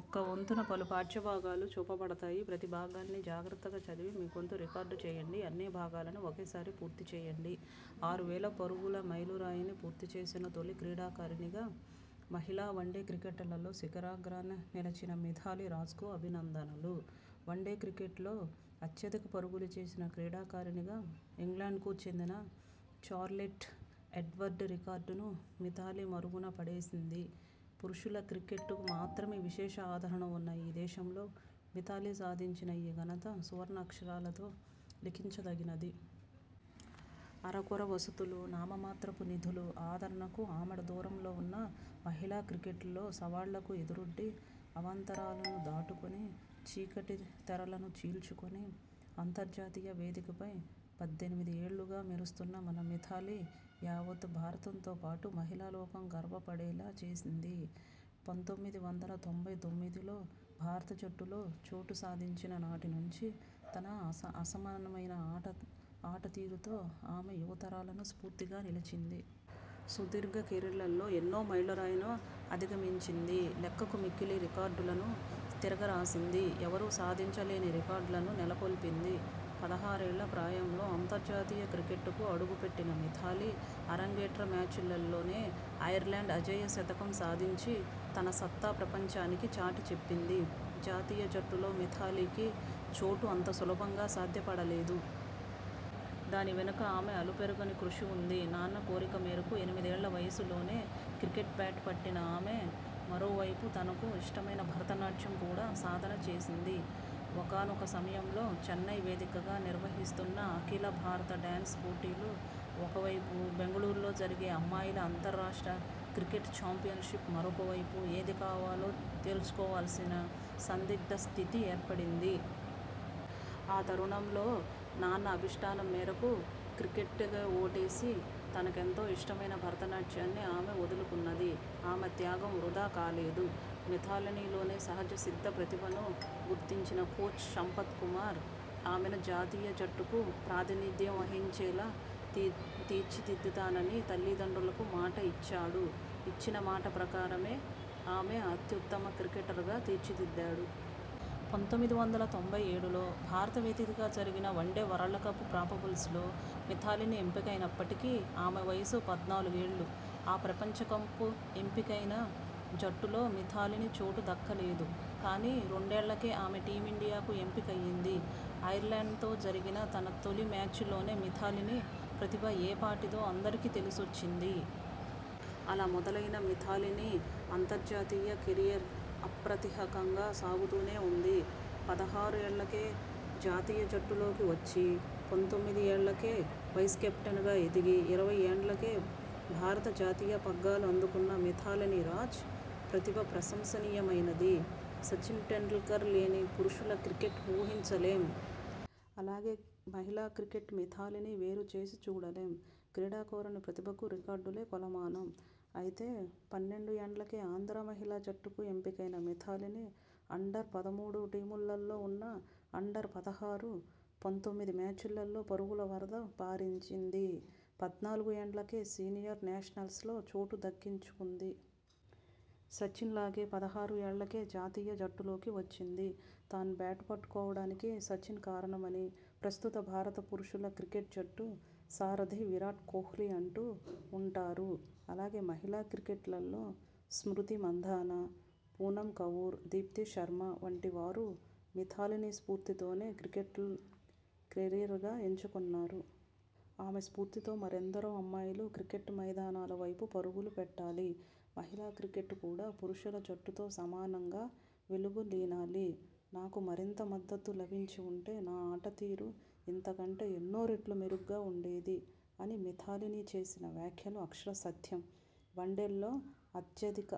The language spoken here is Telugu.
ఆరు వేల పరుగుల మైలురాయిని పూర్తి చేసిన తొలి క్రీడాకారిణిగా మహిళల వన్డే క్రికెట్లో శిఖరాగ్రాన నిలిచిన మిథాలీ రాజ్కు అభినందనలు. వన్డే క్రికెట్లో అత్యధిక పరుగులు చేసిన క్రీడాకారణిగా ఇంగ్లండ్కు చెందిన చార్లొట్ ఎడ్వర్డ్స్ రికార్డును మిథాలీ మరుగున పడేసింది. పురుషుల క్రికెట్కు మాత్రమే విశేష ఆదరణ ఉన్న ఈ దేశంలో మిథాలీ సాధించిన ఈ ఘనత సువర్ణాక్షరాలతో లిఖించదగినది. అరకొర వసతులు, నామమాత్రపు నిధులు, ఆదరణకు ఆమడ దూరంలో ఉన్న మహిళా క్రికెట్లో సవాళ్లకు ఎదురొడ్డి, అవాంతరాలను దాటుకొని, చీకటి తెరలను చీల్చుకొని అంతర్జాతీయ వేదికపై పద్దెనిమిదేళ్లుగా మెరుస్తున్న మన మిథాలీ యావత్ భారతంతోపాటు మహిళాలోకం గర్వపడేలా చేసింది. పంతొమ్మిది వందల తొంభై తొమ్మిదిలో భారత జట్టులో చోటు సాధించిన నాటినుంచి తన అసమానమైన ఆటతీరుతో ఆమె యువతరానికి స్ఫూర్తిగా నిలిచింది. సుదీర్ఘ కెరీర్లో ఎన్నో మైలురాళ్లను అధిగమించింది. లెక్కకు మిక్కిలి రికార్డులను తిరగరాసింది. ఎవరూ సాధించలేని రికార్డులను నెలకొల్పింది. పదహారేళ్ల ప్రాయంలో అంతర్జాతీయ క్రికెట్లోకి అడుగుపెట్టిన మిథాలీ అరంగేట్రం మ్యాచ్లోనే ఐర్లాండ్పై అజేయ శతకం సాధించి తన సత్తా ప్రపంచానికి చాటిచెప్పింది. జాతీయ జట్టులో మిథాలీకి చోటు అంత సులభంగా సాధ్యపడలేదు. దానివెనుక ఆమె అలుపెరుగని కృషి ఉంది. నాన్న కోరిక మేరకు ఎనిమిదేళ్ల వయసులోనే క్రికెట్ బ్యాట్ పట్టిన ఆమె మరోవైపు తనకు ఇష్టమైన భరత నాట్యం కూడా సాధన చేసింది. ఒకానొక సమయంలో చెన్నై వేదికగా నిర్వహిస్తున్న అఖిల భారత డ్యాన్స్ పోటీలు ఒకవైపు బెంగళూరులో జరిగే అమ్మాయిల అంతర్రాస్ట్రా క్రికెట్ చాంపియన్షిప్ మరోవైపు ఏది కావాలో తేల్చుకోవాల్సిన సందిగ్ధ స్థితి ఏర్పడింది. ఆ తరుణంలో నాన్న అభీష్టం మేరకు క్రికెట్కే ఓటేసి, తనకెంతో ఇష్టమైన భరతనాట్యాన్ని ఆమె వదులుకున్నది. ఆమె త్యాగం వృథా కాలేదు. మిథాలీలోని సహజసిద్ధ ప్రతిభను గుర్తించిన కోచ్ సంపత్ కుమార్ ఆమెను జాతీయ జట్టుకు ప్రాతినిధ్యం వహించేలా తీర్చిదిద్దుతానని తల్లిదండ్రులకు మాటిచ్చాడు. ఇచ్చిన మాటప్రకారమే ఆమెను అత్యుత్తమ క్రికెటర్గా తీర్చిదిద్దాడు. పంతొమ్మిది వందల తొంభై ఏడులో భారత వేదికగా జరిగిన వన్డే వరల్డ్కప్ ప్రాబబుల్స్లో మిథాలీ ఎంపికైనప్పటికి ఆమె వయసు పద్నాలుగు ఏళ్లు. ఆ ప్రపంచకప్కు ఎంపికైన జట్టులో మిథాలీకి చోటు దక్కలేదు. కానీ రెండేళ్లకే ఆమె టీమిండియాకు ఎంపికైంది. ఐర్లాండ్తో జరిగిన తన తొలి మ్యాచ్లోనే మిథాలీ ప్రతిభ ఏపాటిదో అందరికీ తెలిసొచ్చింది. అలా మొదలైన మిథాలీ అంతర్జాతీయ కెరీర్ అప్రతిహతంగా సాగుతూనే ఉంది. పదహారు ఏళ్లకే జాతీయ జట్టులోకి వచ్చి, పంతొమ్మిది ఏళ్లకే వైస్ కెప్టెన్గా ఎదిగి ఇరవై రెండు ఏళ్లకే భారత జట్టు పగ్గాలు అందుకున్న మిథాలీ రాజ్ ప్రతిభ ప్రశంసనీయమైనది. సచిన్ టెండూల్కర్ లేని పురుషుల క్రికెట్ను ఊహించలేం. అలాగే మహిళా క్రికెట్నూ మిథాలీనీ వేరు చేసి చూడలేం. క్రీడాకారుని ప్రతిభకు రికార్డులే కొలమానం అయితే పన్నెండు ఏళ్లకే ఆంధ్రా మహిళా జట్టుకు ఎంపికైన మిథాలీ అండర్ పదమూడు టీమ్లో ఉన్నా అండర్ పదహారు, పంతొమ్మిది మ్యాచ్ల్లో పరుగుల వరద పారించింది. పద్నాలుగు ఏళ్లకే సీనియర్ నేషనల్స్లో చోటు దక్కించుకుంది. సచిన్లాగే పదహారు ఏళ్లకే జాతీయ జట్టులోకొచ్చింది. తాను బ్యాట్ పట్టడానికి సచిన్ కారణమని ప్రస్తుత భారత పురుషుల క్రికెట్ జట్టు సారథి విరాట్ కోహ్లీ అంటూ ఉంటారు. అలాగే మహిళా క్రికెట్లో స్మృతి మంధాన, పూనమ్ కౌర్, దీప్తి శర్మ వంటి వారు మిథాలీ స్ఫూర్తితోనే క్రికెట్ను కెరీర్గా ఎంచుకున్నారు. ఆమె స్ఫూర్తితో మరెందరో అమ్మాయిలు క్రికెట్ మైదానాలవైపు పరుగులు పెట్టాలి. మహిళా క్రికెట్ కూడా పురుషుల జట్టుతో సమానంగా వెలుగులీనాలి. 'నాకు మరింత మద్దతు లభించి వుంటే నా ఆటతీరు ఇంతకంటే ఎన్నో రెట్లు మెరుగ్గా ఉండేది' అని మిథాలీ చేసిన వ్యాఖ్యలు అక్షర సత్యం. వన్డేల్లో అత్యధిక